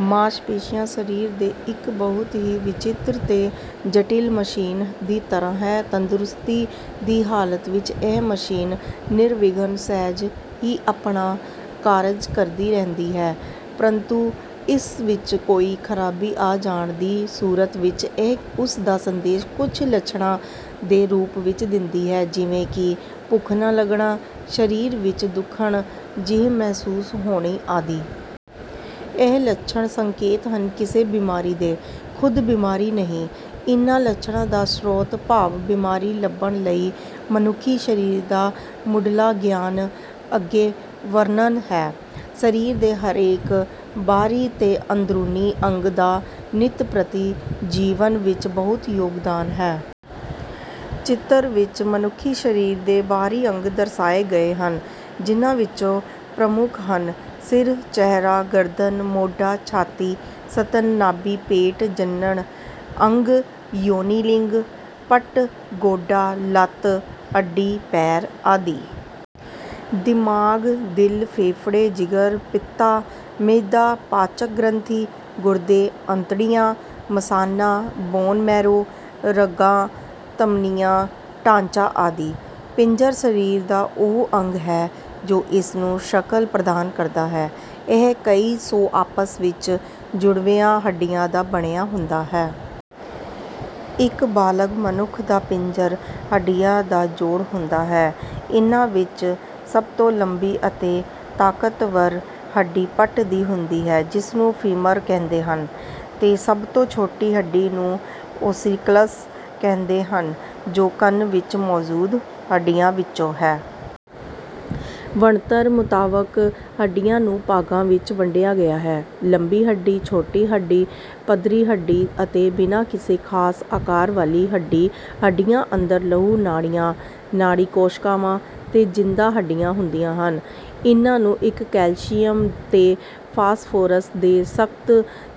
ਮਾਸਪੇਸ਼ੀਆਂ ਸਰੀਰ ਦੇ ਇੱਕ ਬਹੁਤ ਹੀ ਵਿਚਿਤ੍ਰ ਤੇ ਜਟਿਲ ਮਸ਼ੀਨ ਦੀ ਤਰਾਂ ਹੈ। ਤੰਦਰੁਸਤੀ ਦੀ ਹਾਲਤ ਵਿੱਚ ਇਹ ਮਸ਼ੀਨ ਨਿਰਵਿਘਨ ਸਹਿਜ ਹੀ ਆਪਣਾ ਕਾਰਜ ਕਰਦੀ ਰਹਿੰਦੀ ਹੈ ਪ੍ਰੰਤੂ ਇਸ ਵਿੱਚ ਕੋਈ ਖ਼ਰਾਬੀ ਆ ਜਾਣ ਦੀ ਸੂਰਤ ਵਿੱਚ ਇਹ ਉਸ ਦਾ ਸੰਦੇਸ਼ ਕੁਝ ਲੱਛਣਾਂ ਦੇ ਰੂਪ ਵਿੱਚ ਦਿੰਦੀ ਹੈ ਜਿਵੇਂ ਕਿ ਭੁੱਖ ਨਾ ਲੱਗਣਾ, ਸਰੀਰ ਵਿੱਚ ਦੁਖਣ ਜਿਹੀ ਮਹਿਸੂਸ ਹੋਣੀ ਆਦਿ। ਇਹ ਲੱਛਣ ਸੰਕੇਤ ਹਨ ਕਿਸੇ ਬਿਮਾਰੀ ਦੇ, ਖ਼ੁਦ ਬਿਮਾਰੀ ਨਹੀਂ। ਇਨ੍ਹਾਂ ਲੱਛਣਾਂ ਦਾ ਸ੍ਰੋਤ ਭਾਵ ਬਿਮਾਰੀ ਲੱਭਣ ਲਈ ਮਨੁੱਖੀ ਸਰੀਰ ਦਾ ਮੁਢਲਾ ਗਿਆਨ ਅੱਗੇ ਵਰਨਣ ਹੈ। ਸਰੀਰ ਦੇ ਹਰੇਕ ਬਾਹਰੀ ਤੇ ਅੰਦਰੂਨੀ ਅੰਗ ਦਾ ਨਿਤ ਪ੍ਰਤੀ ਜੀਵਨ ਵਿੱਚ ਬਹੁਤ ਯੋਗਦਾਨ ਹੈ। ਚਿੱਤਰ ਵਿੱਚ ਮਨੁੱਖੀ ਸਰੀਰ ਦੇ ਬਾਹਰੀ ਅੰਗ ਦਰਸਾਏ ਗਏ ਹਨ ਜਿਨ੍ਹਾਂ ਵਿਚੌਂ ਪ੍ਰਮੁੱਖ ਹਨ, ਸਿਰ, ਚਿਹਰਾ, ਗਰਦਨ, ਮੋਢਾ, ਛਾਤੀ, ਸਤਨ, ਨਾਭੀ, ਪੇਟ, ਜਨਣ ਅੰਗ:- ਯੋਨੀ ਲਿੰਗ, ਪੱਟ, ਗੋਡਾ, ਲੱਤ, ਅੱਡੀ, ਪੈਰ ਆਦਿ। ਦਿਮਾਗ, ਦਿਲ, ਫੇਫ਼ੜੇ, ਜਿਗਰ, ਪਿੱਤਾ, ਮਿਹਦਾ, ਪਾਚਕ-ਗ੍ਰੰਥੀ, ਗੁਰਦੇ, ਅੰਤੜੀਆਂ, ਮਸਾਨਾ, ਬੋਨ ਮੈਰੋ, ਰਗਾਂ ਧਮਨੀਆਂ ਢਾਂਚਾ ਆਦਿ। ਪਿੰਜਰ ਸਰੀਰ ਦਾ ਉਹ ਅੰਗ ਹੈ ਜੋ ਇਸ ਨੂੰ ਸ਼ਕਲ ਪ੍ਰਦਾਨ ਕਰਦਾ ਹੈ। ਇਹ ਕਈ ਸੌ ਆਪਸ ਵਿੱਚ ਜੁੜਵੀਆਂ ਹੱਡੀਆਂ ਦਾ ਬਣਿਆ ਹੁੰਦਾ ਹੇ। ਇਕ ਬਾਲਗ ਮਨੁੱਖ ਦਾ ਪਿੰਜਰ ਹੱਡੀਆ ਦਾ ਜੋੜ ਹੁੰਦਾ ਹੈ। ਇਨ੍ਹਾਂ ਵਿੱਚ ਸਭ ਤੌਂ ਲੰਬੀ ਅਤੇ ਤਾਕਤਵਰ ਹੱਡੀ ਪੱਟ ਦੀ ਹੁੰਦੀ ਹੈ ਜਿਸਨੂੰ ਫੀਮਰ ਕਹਿੰਦੇ ਹਨ, ਤੇ ਸਭ ਤੌਂ ਛੋਟੀ ਹੱਡੀ ਨੂੰ ਓਸੀਕਲਸ ਕਹਿੰਦੇ ਹਨ ਜੋ ਕੰਨ ਵਿੱਚ ਮੌਜੂਦ ਹੱਡੀਆਂ ਵਿੱਚੋਂ ਹੈ। ਬਣਤਰ ਮੁਤਾਬਕ ਹੱਡੀਆਂ ਨੂੰ ਭਾਗਾਂ ਵਿੱਚ ਵੰਡਿਆ ਗਿਆ ਹੈ- ਲੰਬੀ ਹੱਡੀ, ਛੋਟੀ ਹੱਡੀ, ਪੱਧਰੀ ਹੱਡੀ ਅਤੇ ਬਿਨਾ ਕਿਸੇ ਖ਼ਾਸ ਆਕਾਰ ਵਾਲੀ ਹੱਡੀ, ਹੱਡੀਆਂ ਅੰਦਰ ਲਹੂ ਨਾੜੀਆਂ, ਨਾੜੀ ਕੋਸ਼ਕਾਵਾਂ ਤੇ ਜਿੰਦਾ ਹੱਡੀਆਂ ਹੁੰਦੀਆਂ ਹਨ। ਇਨ੍ਹਾਂ ਨੂੰ ਇੱਕ ਕੈਲਸ਼ੀਅਮ ਤੇ ਫਾਸਫੋਰਸ ਦੇ ਸਖ਼ਤ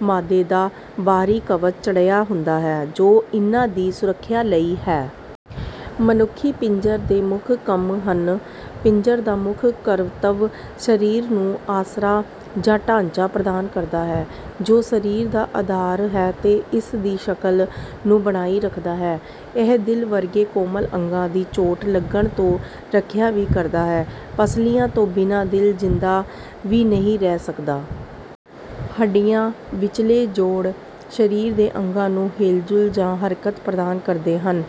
ਮਾਦੇ ਦਾ ਬਾਹਰੀ ਕਵਚ ਚੜਿਆ ਹੁੰਦਾ ਹੈ ਜੋ ਇਨ੍ਹਾਂ ਦੀ ਸੁਰੱਖਿਆ ਲਈ ਹੈ। ਮਨੁੱਖੀ ਪਿੰਜਰ ਦੇ ਮੁੱਖ ਕੰਮ ਹਨ। ਪਿੰਜਰ ਦਾ ਮੁੱਖ ਕਰਤਵ ਸਰੀਰ ਨੂੰ ਆਸਰਾ ਜਾਂ ਢਾਂਚਾ ਪ੍ਰਦਾਨ ਕਰਦਾ ਹੈ ਜੋ ਸਰੀਰ ਦਾ ਅਧਾਰ ਹੈ ਤੇ ਇਸ ਦੀ ਸ਼ਕਲ ਨੂੰ ਬਣਾਈ ਰੱਖਦਾ ਹੈ। ਇਹ ਦਿਲ ਵਰਗੇ ਕੋਮਲ ਅੰਗਾਂ ਦੀ ਚੋਟ ਲਗਣ ਤੋਂ ਰੱਖਿਆ ਵੀ ਕਰਦਾ ਹੈ, ਪਸਲੀਆ ਤੋਂ ਬਿਨਾਂ ਦਿਲ ਜ਼ਿੰਦਾ ਵੀ ਨਹੀਂ ਰਹਿ ਸਕਦਾ। ਹੱਡੀਆਂ ਵਿਚਲੇ ਜੋੜ ,ਸਰੀਰ ਦੇ ਅੰਗਾਂ ਨੂੰ ਹਿਲਜੁਲ ਜਾਂ ਹਰਕਤ ਪ੍ਰਦਾਨ ਕਰਦੇ ਹਨ।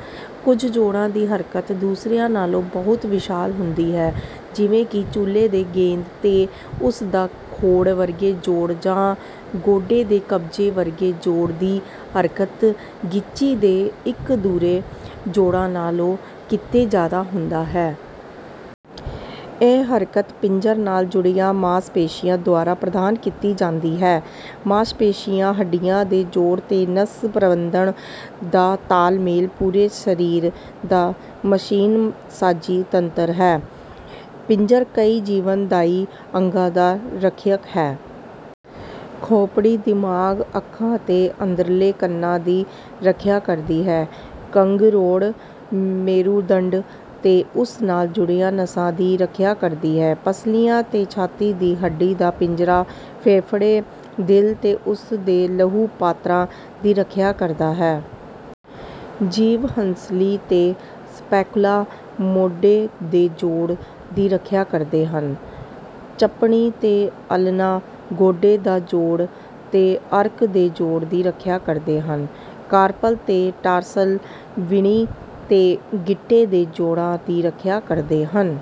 ਕੁਝ ਜੋੜਾਂ ਦੀ ਹਰਕਤ ਦੁਸਰਿਆਂ ਨਾਲੋਂ ਬਹੁਤ ਵਿਸ਼ਾਲ ਹੁੰਦੀ ਹੈ ਜਿਵੇਂ ਕਿ ਚੂਲੇ ਦੇ ਗੇਂਦ ਤੇ ਉਸ ਦਾ ਖੋੜ ਵਰਗੇ ਜੋੜ ਜਾਂ ਗੋਡੇ ਦੇ ਕਬਜੇ ਵਰਗੇ ਜੋੜ ਦੀ ਹਰਕਤ, ਗਿੱਚੀ ਦੇ ਇੱਕ ਧੁਰੇ ਜੋੜਾਂ ਨਾਲੋਂ ਕਿਤੇ ਜਿਆਦਾ ਹੁੰਦਾ ਹੈ। ਇਹ ਹਰਕਤ ਪਿੰਜਰ ਨਾਲ ਜੁੜੀਆਂ ਮਾਸ ਪੇਸ਼ੀਆਂ ਦੁਆਰਾ ਪ੍ਰਦਾਨ ਕੀਤੀ ਜਾਂਦੀ ਹੈ। ਮਾਸ ਪੇਸ਼ੀਆਂ, ਹੱਢੀਆਂ ਦੇ ਜੋੜ ਤੇ ਨਸ ਪ੍ਰਬੰਧਣ ਦਾ ਤਾਲ-ਮੇਲ ਪੂਰੇ ਸਰੀਰ ਦਾ ਮਸ਼ੀਨਸਾਜੀ ਤੰਤਰ ਹੈ। ਪਿੰਜਰ ਕਈ ਜੀਵਨ-ਦਾਈ ਅੰਗਾਂ ਦਾ ਰੱਖਿਅਕ ਹੈ। ਖੋਪੜੀ ਦਿਮਾਗ, ਅੱਖਾਂ ਤੇ ਅੰਦਰਲੇ ਕੰਨਾਂ ਦੀ ਰੱਖਿਆ ਕਰਦੀ ਹੈ। ਕੰਗਰੋੜ, ਮੇਰੂਦੰਡ ਤੇ ਉਸ ਨਾਲ ਜੁੜਿਆਂ ਨਸਾਂ ਦੀ ਰੱਖਿਆ ਕਰਦੀ ਹੈ। ਪਸਲੀਆਂ ਤੇ ਛਾਤੀ ਦੀ ਹੱਡੀ ਦਾ ਪਿੰਜਰਾ ਫੇਫ਼ੜੇ, ਦਿਲ ਤੇ ਉਸ ਦੇ ਲਹੂ ਪਾਤਰਾਂ ਦੀ ਰੱਖਿਆ ਕਰਦਾ ਹੈ। ਜੀਵ ਹੰਸਲੀ ਤੇ ਸਪੈਕੁਲਾ ਮੋਢੇ ਦੇ ਜੋੜ ਦੀ ਰੱਖਿਆ ਕਰਦੇ ਹਨ। ਚਪਣੀ ਤੇ ਅਲਨਾ ਗੋਡੇ ਦਾ ਜੋੜ ਤੇ ਅਰਕ ਦੇ ਜੋੜ ਦੀ ਰੱਖਿਆ ਕਰਦੇ ਹਨ। ਕਾਰਪਲ ਤੇ ਟਾਰਸਲ ਵੀਣੀ ਤੇ ਗਿੱਟੇ ਦੇ ਜੋੜਾਂ ਦੀ ਰੱਖਿਆ ਕਰਦੇ ਹਨ।